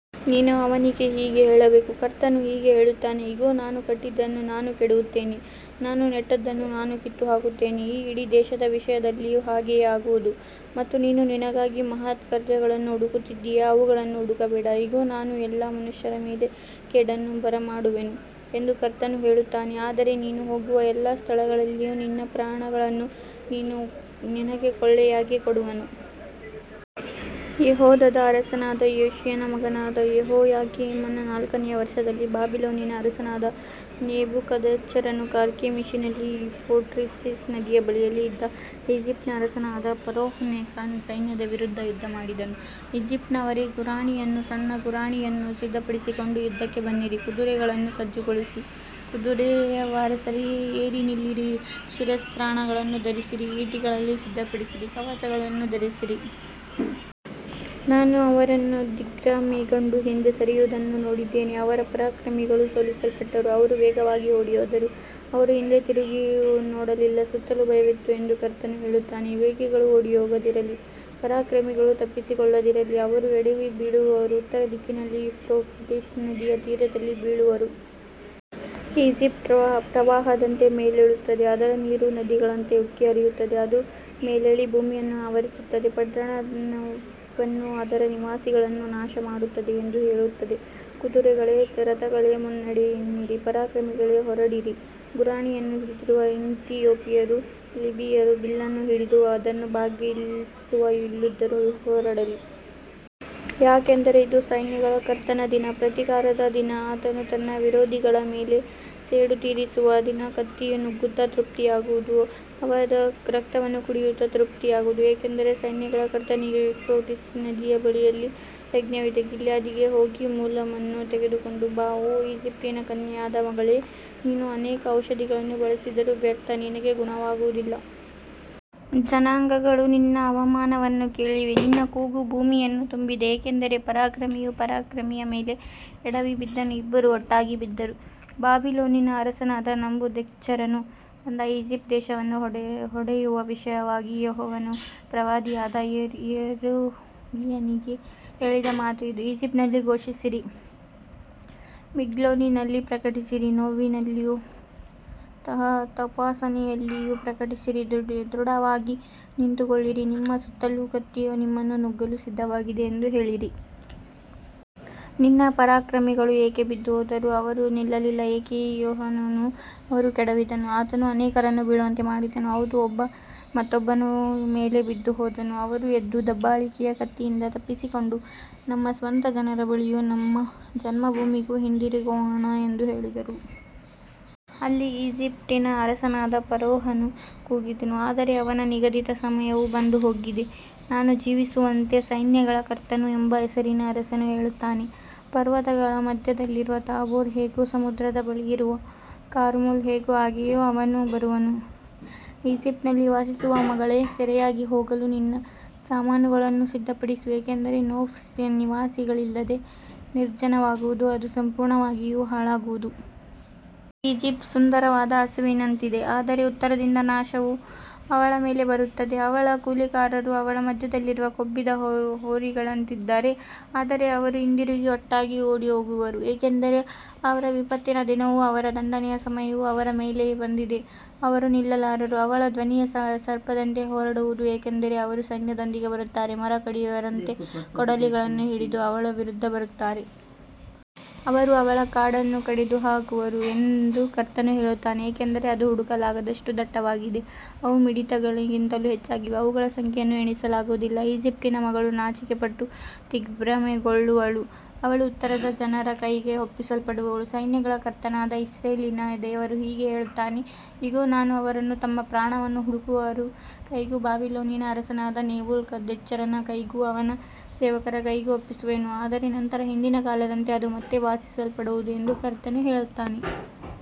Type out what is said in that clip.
ನೀನು ಅವನಿಗೆ ಹೀಗೆ ಹೇಳಬೇಕು, ಕರ್ತನು ಹೀಗೆ ಹೇಳುತ್ತಾನೆ, ಇಗೋ, ನಾನು ಕಟ್ಟಿದ್ದನ್ನು ನಾನು ಕೆಡವುತ್ತೇನೆ, ನಾನು ನೆಟ್ಟದ್ದನ್ನು ನಾನು ಕಿತ್ತುಹಾಕುತ್ತೇನೆ, ಈ ಇಡೀ ದೇಶದ ವಿಷಯದಲ್ಲಿಯೂ ಹಾಗೆಯೇ ಆಗುವುದು. ಮತ್ತು ನೀನು ನಿನಗಾಗಿ ಮಹತ್ಕಾರ್ಯಗಳನ್ನು ಹುಡುಕುತ್ತಿದ್ದೀಯಾ, ಅವುಗಳನ್ನು ಹುಡುಕಬೇಡ, ಇಗೋ, ನಾನು ಎಲ್ಲಾ ಮನುಷ್ಯರ ಮೇಲೆ ಕೇಡನ್ನು ಬರಮಾಡುವೆನು ಎಂದು ಕರ್ತನು ಹೇಳುತ್ತಾನೆ, ಆದರೆ ನೀನು ಹೋಗುವ ಎಲ್ಲ ಸ್ಥಳಗಳಲ್ಲಿಯೂ ನಿನ್ನ ಪ್ರಾಣವನ್ನು ನಿನಗೆ ಕೊಳ್ಳೆಯಾಗಿ ಕೊಡುವೆನು. ಯೆಹೂದದ ಅರಸನಾದ ಯೋಷೀಯನ ಮಗನಾದ ಯೆಹೋಯಾಕೀಮನ ನಾಲ್ಕನೆಯ ವರ್ಷದಲ್ಲಿ, ಬಾಬಿಲೋನಿನ ಅರಸನಾದ ನೆಬೂಕದ್ನೆಚ್ಚರನು ಕರ್ಕೆಮೀಷಿನಲ್ಲಿ ಯೂಫ್ರೇಟಿಸ್ ನದಿಯ ಬಳಿಯಲ್ಲಿ ಇದ್ದ ಈಜಿಪ್ಟಿನ ಅರಸನಾದ ಫರೋಹ್ ನೆಕೋನ ಸೈನ್ಯದ ವಿರುದ್ಧ ಯುದ್ಧಮಾಡಿದನು. ಈಜಿಪ್ಟಿನವರೇ, ಗುರಾಣಿಯನ್ನೂ ಸಣ್ಣ ಗುರಾಣಿಯನ್ನೂ ಸಿದ್ಧಪಡಿಸಿಕೊಂಡು ಯುದ್ಧಕ್ಕೆ ಬನ್ನಿರಿ. ಕುದುರೆಗಳನ್ನು ಸಜ್ಜುಗೊಳಿಸಿ, ಕುದುರೆಸವಾರರೇ, ಏರಿ ನಿಲ್ಲಿರಿ, ಶಿರಸ್ತ್ರಾಣಗಳನ್ನು ಧರಿಸಿರಿ, ಈಟಿಗಳನ್ನು ಸಿದ್ಧಪಡಿಸಿರಿ, ಕವಚಗಳನ್ನು ಧರಿಸಿರಿ. ನಾನು ಅವರನ್ನು ದಿಗ್ಭ್ರಮೆಗೊಂಡು ಹಿಂದೆ ಸರಿಯುವುದನ್ನು ನೋಡಿದ್ದೇನೆ, ಅವರ ಪರಾಕ್ರಮಿಗಳು ಸೋಲಿಸಲ್ಪಟ್ಟರು, ಅವರು ವೇಗವಾಗಿ ಓಡಿಹೋದರು, ಅವರು ಹಿಂದೆ ತಿರುಗಿ ನೋಡಲಿಲ್ಲ, ಸುತ್ತಲೂ ಭಯವಿತ್ತು ಎಂದು ಕರ್ತನು ಹೇಳುತ್ತಾನೆ. ವೇಗಿಗಳು ಓಡಿಹೋಗದಿರಲಿ, ಪರಾಕ್ರಮಿಗಳು ತಪ್ಪಿಸಿಕೊಳ್ಳದಿರಲಿ, ಅವರು ಎಡವಿ ಬೀಳುವರು, ಉತ್ತರ ದಿಕ್ಕಿನಲ್ಲಿ ಯೂಫ್ರೇಟಿಸ್ ನದಿಯ ತೀರದಲ್ಲಿ ಬೀಳುವರು. ಈಜಿಪ್ಟ್ ಪ್ರವಾಹದಂತೆ ಮೇಲೇಳುತ್ತದೆ, ಅದರ ನೀರು ನದಿಗಳಂತೆ ಉಕ್ಕಿ ಹರಿಯುತ್ತದೆ, ಅದು ಮೇಲೇಳಿ ಭೂಮಿಯನ್ನು ಆವರಿಸುತ್ತದೆ, ಪಟ್ಟಣವನ್ನೂ ಅದರ ನಿವಾಸಿಗಳನ್ನೂ ನಾಶಮಾಡುತ್ತದೆ ಎಂದು ಹೇಳುತ್ತದೆ. ಕುದುರೆಗಳೇ, ರಥಗಳೇ, ಮುನ್ನಡೆಯಿರಿ, ಪರಾಕ್ರಮಿಗಳೇ, ಹೊರಡಿರಿ, ಗುರಾಣಿಯನ್ನು ಹಿಡಿದಿರುವ ಇಥಿಯೋಪಿಯರೂ, ಲಿಬಿಯರೂ, ಬಿಲ್ಲನ್ನು ಹಿಡಿದು ಅದನ್ನು ಬಾಗಿಸುವ ಲೂದ್ಯರೂ ಹೊರಡಲಿ. ಯಾಕಂದರೆ ಇದು ಸೈನ್ಯಗಳ ಕರ್ತನ ದಿನ, ಪ್ರತೀಕಾರದ ದಿನ, ಆತನು ತನ್ನ ವಿರೋಧಿಗಳ ಮೇಲೆ ಸೇಡು ತೀರಿಸುವ ದಿನ. ಕತ್ತಿಯು ನುಂಗುತ್ತಾ ತೃಪ್ತಿಯಾಗುವುದು, ಅವರ ರಕ್ತವನ್ನು ಕುಡಿಯುತ್ತಾ ತೃಪ್ತಿಯಾಗುವುದು, ಏಕೆಂದರೆ ಸೈನ್ಯಗಳ ಕರ್ತನಿಗೆ ಯೂಫ್ರೇಟಿಸ್ ನದಿಯ ಬಳಿಯಲ್ಲಿ ಯಜ್ಞವಿದೆ. ಗಿಲ್ಯಾದಿಗೆ ಹೋಗಿ, ಮುಲಾಮನ್ನು ತೆಗೆದುಕೊಂಡು ಬಾ, ಓ ಈಜಿಪ್ಟಿನ ಕನ್ಯೆಯಾದ ಮಗಳೇ, ನೀನು ಅನೇಕ ಔಷಧಿಗಳನ್ನು ಬಳಸಿದರೂ ವ್ಯರ್ಥ, ನಿನಗೆ ಗುಣವಾಗುವುದಿಲ್ಲ. ಜನಾಂಗಗಳು ನಿನ್ನ ಅವಮಾನವನ್ನು ಕೇಳಿವೆ, ನಿನ್ನ ಕೂಗು ಭೂಮಿಯನ್ನು ತುಂಬಿದೆ, ಏಕೆಂದರೆ ಪರಾಕ್ರಮಿಯು ಪರಾಕ್ರಮಿಯ ಮೇಲೆ ಎಡವಿ ಬಿದ್ದನು, ಇಬ್ಬರೂ ಒಟ್ಟಾಗಿ ಬಿದ್ದರು. ಬಾಬಿಲೋನಿನ ಅರಸನಾದ ನೆಬೂಕದ್ನೆಚ್ಚರನು ಬಂದು ಈಜಿಪ್ಟ್ ದೇಶವನ್ನು ಹೊಡೆಯುವ ವಿಷಯವಾಗಿ ಯೆಹೋವನು ಪ್ರವಾದಿಯಾದ ಯೆರೆಮೀಯನಿಗೆ ಹೇಳಿದ ಮಾತು ಇದು. ಈಜಿಪ್ಟಿನಲ್ಲಿ ಘೋಷಿಸಿರಿ, ಮಿಗ್ದೋಲಿನಲ್ಲಿ ಪ್ರಕಟಿಸಿರಿ, ನೋಫಿನಲ್ಲಿಯೂ ತಹಪನೇಹೆಸಿನಲ್ಲಿಯೂ ಪ್ರಕಟಿಸಿರಿ, ದೃಢವಾಗಿ ನಿಂತುಕೊಳ್ಳಿರಿ, ನಿಮ್ಮ ಸುತ್ತಲೂ ಕತ್ತಿಯು ನಿಮ್ಮನ್ನು ನುಂಗಲು ಸಿದ್ಧವಾಗಿದೆ ಎಂದು ಹೇಳಿರಿ. ನಿನ್ನ ಪರಾಕ್ರಮಿಗಳು ಏಕೆ ಬಿದ್ದುಹೋದರು, ಅವರು ನಿಲ್ಲಲಿಲ್ಲ, ಏಕೆಂದರೆ ಯೆಹೋವನು ಅವರನ್ನು ಕೆಡವಿದನು. ಆತನು ಅನೇಕರನ್ನು ಬೀಳುವಂತೆ ಮಾಡಿದನು, ಹೌದು, ಒಬ್ಬನು ಮತ್ತೊಬ್ಬನ ಮೇಲೆ ಬಿದ್ದುಹೋದನು. ಅವರು, ಎದ್ದು, ದಬ್ಬಾಳಿಕೆಯ ಕತ್ತಿಯಿಂದ ತಪ್ಪಿಸಿಕೊಂಡು ನಮ್ಮ ಸ್ವಂತ ಜನರ ಬಳಿಗೂ ನಮ್ಮ ಜನ್ಮಭೂಮಿಗೂ ಹಿಂದಿರುಗೋಣ ಎಂದು ಹೇಳಿದರು. ಅಲ್ಲಿ ಈಜಿಪ್ಟಿನ ಅರಸನಾದ ಫರೋಹನು ಕೂಗಿದನು, ಆದರೆ ಅವನ ನಿಗದಿತ ಸಮಯವು ಬಂದುಹೋಗಿದೆ. ನಾನು ಜೀವಿಸುವಂತೆ, ಸೈನ್ಯಗಳ ಕರ್ತನು ಎಂಬ ಹೆಸರಿನ ಅರಸನು ಹೇಳುತ್ತಾನೆ, ಪರ್ವತಗಳ ಮಧ್ಯದಲ್ಲಿರುವ ತಾಬೋರ್ ಹೇಗೋ, ಸಮುದ್ರದ ಬಳಿಯಿರುವ ಕರ್ಮೆಲ್ ಹೇಗೋ, ಹಾಗೆಯೇ ಅವನು ಬರುವನು. ಈಜಿಪ್ಟಿನಲ್ಲಿ ವಾಸಿಸುವ ಮಗಳೇ, ಸೆರೆಯಾಗಿ ಹೋಗಲು ನಿನ್ನ ಸಾಮಾನುಗಳನ್ನು ಸಿದ್ಧಪಡಿಸು, ಏಕೆಂದರೆ ನೋಫ್ ನಿವಾಸಿಗಳಿಲ್ಲದೆ ನಿರ್ಜನವಾಗುವುದು, ಅದು ಸಂಪೂರ್ಣವಾಗಿ ಹಾಳಾಗುವುದು. ಈಜಿಪ್ಟ್ ಸುಂದರವಾದ ಹಸುವಿನಂತಿದೆ, ಆದರೆ ಉತ್ತರದಿಂದ ನಾಶವು ಅವಳ ಮೇಲೆ ಬರುತ್ತದೆ. ಅವಳ ಕೂಲಿಕಾರರು ಅವಳ ಮಧ್ಯದಲ್ಲಿರುವ ಕೊಬ್ಬಿದ ಹೋರಿಗಳಂತಿದ್ದಾರೆ, ಆದರೆ ಅವರೂ ಹಿಂದಿರುಗಿ ಒಟ್ಟಾಗಿ ಓಡಿಹೋಗುವರು, ಏಕೆಂದರೆ ಅವರ ವಿಪತ್ತಿನ ದಿನವೂ ಅವರ ದಂಡನೆಯ ಸಮಯವೂ ಅವರ ಮೇಲೆ ಬಂದಿದೆ, ಅವರು ನಿಲ್ಲಲಾರರು. ಅವಳ ಧ್ವನಿಯು ಸರ್ಪದಂತೆ ಹೊರಡುವುದು, ಏಕೆಂದರೆ ಅವರು ಸೈನ್ಯದೊಂದಿಗೆ ಬರುತ್ತಾರೆ, ಮರ ಕಡಿಯುವವರಂತೆ ಕೊಡಲಿಗಳನ್ನು ಹಿಡಿದು ಅವಳ ವಿರುದ್ಧ ಬರುತ್ತಾರೆ. ಅವರು ಅವಳ ಕಾಡನ್ನು ಕಡಿದುಹಾಕುವರು ಎಂದು ಕರ್ತನು ಹೇಳುತ್ತಾನೆ, ಏಕೆಂದರೆ ಅದು ಹುಡುಕಲಾಗದಷ್ಟು ದಟ್ಟವಾಗಿದೆ, ಅವು ಮಿಡತೆಗಳಿಗಿಂತಲೂ ಹೆಚ್ಚಾಗಿವೆ, ಅವುಗಳ ಸಂಖ್ಯೆಯನ್ನು ಎಣಿಸಲಾಗುವುದಿಲ್ಲ. ಈಜಿಪ್ಟಿನ ಮಗಳು ನಾಚಿಕೆಪಟ್ಟು ದಿಗ್ಭ್ರಮೆಗೊಳ್ಳುವಳು, ಅವಳು ಉತ್ತರದ ಜನರ ಕೈಗೆ ಒಪ್ಪಿಸಲ್ಪಡುವಳು. ಸೈನ್ಯಗಳ ಕರ್ತನಾದ ಇಸ್ರಾಯೇಲಿನ ದೇವರು ಹೀಗೆ ಹೇಳುತ್ತಾನೆ, ಇಗೋ, ನಾನು ಅವರನ್ನು ತಮ್ಮ ಪ್ರಾಣವನ್ನು ಹುಡುಕುವವರ ಕೈಗೂ, ಬಾಬಿಲೋನಿನ ಅರಸನಾದ ನೆಬೂಕದ್ನೆಚ್ಚರನ ಕೈಗೂ, ಅವನ ಸೇವಕರ ಕೈಗೂ ಒಪ್ಪಿಸುವೆನು, ಆದರೆ ನಂತರ ಹಿಂದಿನ ಕಾಲದಂತೆ ಅದು ಮತ್ತೆ ವಾಸಿಸಲ್ಪಡುವುದು ಎಂದು ಕರ್ತನು ಹೇಳುತ್ತಾನೆ.